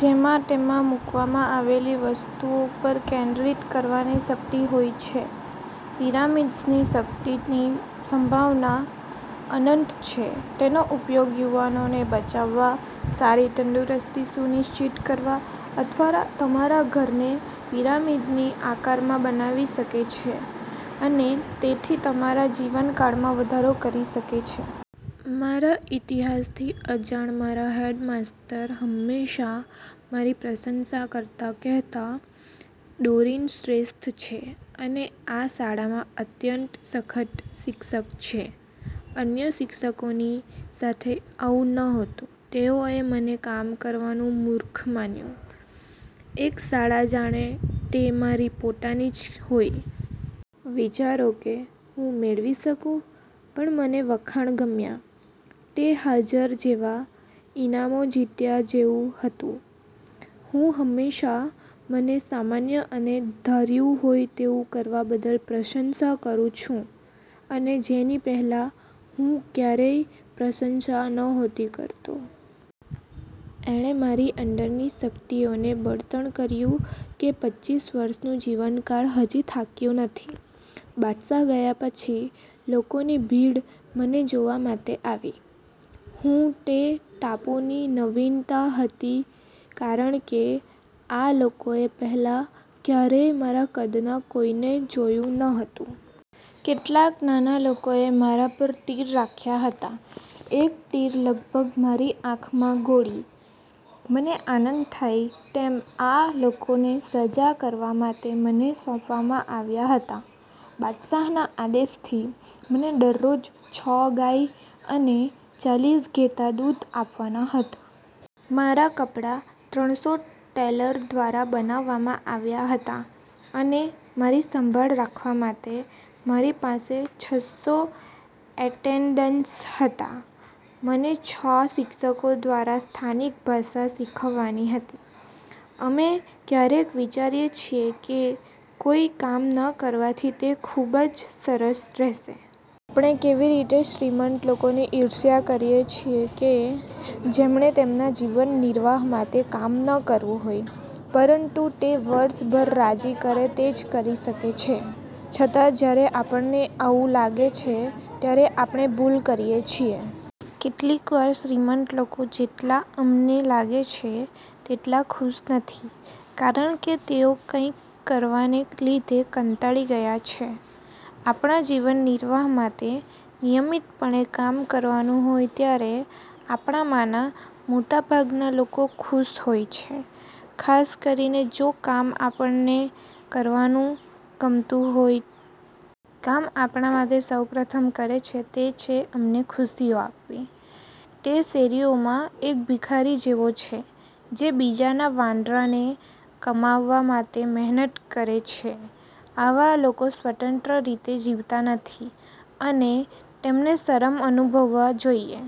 જેમાં તેમાં મૂકવામાં આવેલી વસ્તુઓ પર કેન્દ્રિત કરવાની શક્તિ હોય છે. પિરામિડ્સની શક્તિની સંભાવના અનંત છે. તેનો ઉપયોગ યુવાનોને બચાવવા, સારી તંદુરસ્તી સુનિશ્ચિત કરવા અથવા તમારા ઘરને પિરામિડની આકારમાં બનાવી શકે છે અને તેથી તમારા જીવનકાળમાં વધારો કરી શકે છે. મારા ઇતિહાસથી અજાણ મારા હેડમાસ્ટર, હંમેશાં મારી પ્રશંસા કરતા કહેતા, ડોરિન શ્રેષ્ઠ છે અને આ શાળામાં અત્યંત સખત શિક્ષક છે. અન્ય શિક્ષકોની સાથે આવું નહોતું. તેઓએ મને કામ કરવાનું મૂર્ખ માન્યું. એક શાળા જાણે તે મારી પોતાની જ હોય! વિચારો કે હું મેળવી શકું? પણ મને વખાણ ગમ્યા. તે હાજર જેવા, ઇનામો જીત્યા જેવું હતું. હું હંમેશાં મને સામાન્ય અને ધાર્યું હોય તેવું કરવા બદલ પ્રશંસા કરું છું, અને જેની પહેલાં હું ક્યારેય પ્રશંસા નહોતી કરતો. એણે મારી અંદરની શક્તિઓને બળતણ કર્યું કે પચીસ વર્ષનું જીવનકાળ હજી થાક્યું નથી. બાદશાહ ગયા પછી, લોકોની ભીડ મને જોવા માટે આવી. હું તે ટાપુની નવીનતા હતી કારણ કે આ લોકોએ પહેલાં ક્યારેય મારા કદના કોઈને જોયું ન હતું. કેટલાક નાના લોકોએ મારા પર તીર રાખ્યા હતા. એક તીર લગભગ મારી આંખ માં ગોળી. મને આનંદ થાય તેમ આ લોકોને સજા કરવા માટે મને સોંપવામાં આવ્યા હતા. બાદશાહના આદેશથી, મને દરરોજ છ ગાય અને ચાલીસ ઘેટાં દૂધ આપવાના હતા. મારા કપડાં ત્રણસો ટેલર દ્વારા બનાવવામાં આવ્યાં હતાં અને મારી સંભાળ રાખવા માટે મારી પાસે છસો એટેન્ડન્ટ્સ હતાં. મને છ શિક્ષકો દ્વારા સ્થાનિક ભાષા શીખવવાની હતી. અમે ક્યારેક વિચારીએ છીએ કે કોઈ કામ ન કરવાથી તે ખૂબ જ સરસ રહેશે. આપણે કેવી રીતે શ્રીમંત લોકોની ઇર્ષ્યા કરીએ છીએ કે જેમણે તેમના જીવનનિર્વાહ માટે કામ ન કરવું હોય પરંતુ તે વર્ષભર રાજી કરે તે જ કરી શકે છે. છતાં જ્યારે આપણને આવું લાગે છે ત્યારે આપણે ભૂલ કરીએ છીએ. કેટલીક વાર શ્રીમંત લોકો જેટલા અમને લાગે છે તેટલા ખુશ નથી, કારણ કે તેઓ કંઇ કરવાને લીધે કંટાળી ગયા છે. આપણા જીવનનિર્વાહ માટે નિયમિતપણે કામ કરવાનું હોય ત્યારે, આપણામાંના મોટાભાગના લોકો ખુશ હોય છે, ખાસ કરીને જો કામ આપણને કરવાનું ગમતું હોય. કામ આપણા માટે સૌ પ્રથમ કરે છે તે છે અમને ખુશીઓ આપવી. તે શેરીઓમાં એક ભિખારી જેવો છે જે બીજાના વાંદરાને કમાવવા માટે મહેનત કરે છે. આવા લોકો સ્વતંત્ર રીતે જીવતા નથી અને તેમને શરમ અનુભવવા જોઈએ.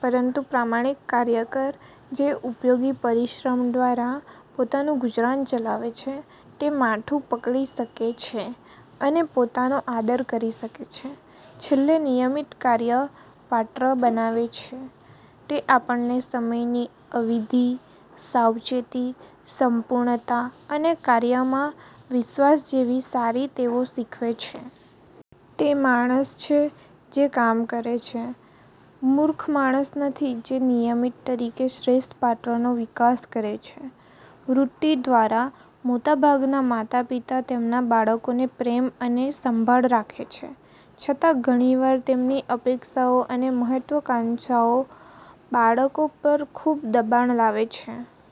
પરંતુ પ્રામાણિક કાર્યકર જે ઉપયોગી પરિશ્રમ દ્વારા પોતાનું ગુજરાન ચલાવે છે તે માથું પકડી શકે છે અને પોતાનો આદર કરી શકે છે. છેલ્લે નિયમિત કાર્ય પાત્ર બનાવે છે. તે આપણને સમયની અવધિ, સાવચેતી, સંપૂર્ણતા અને કાર્યમાં વિશ્વાસ જેવી સારી ટેવો શીખવે છે. તે માણસ છે જે કામ કરે છે, મૂર્ખ માણસ નથી, જે નિયમ તરીકે શ્રેષ્ઠ પાત્રનો વિકાસ કરે છે. વૃત્તિ દ્વારા, મોટાભાગના માતાપિતા તેમના બાળકોને પ્રેમ અને સંભાળ રાખે છે. છતાં, ઘણી વાર, તેમની અપેક્ષાઓ અને મહત્વાકાંક્ષાઓ બાળકો પર ખૂબ દબાણ લાવે છે.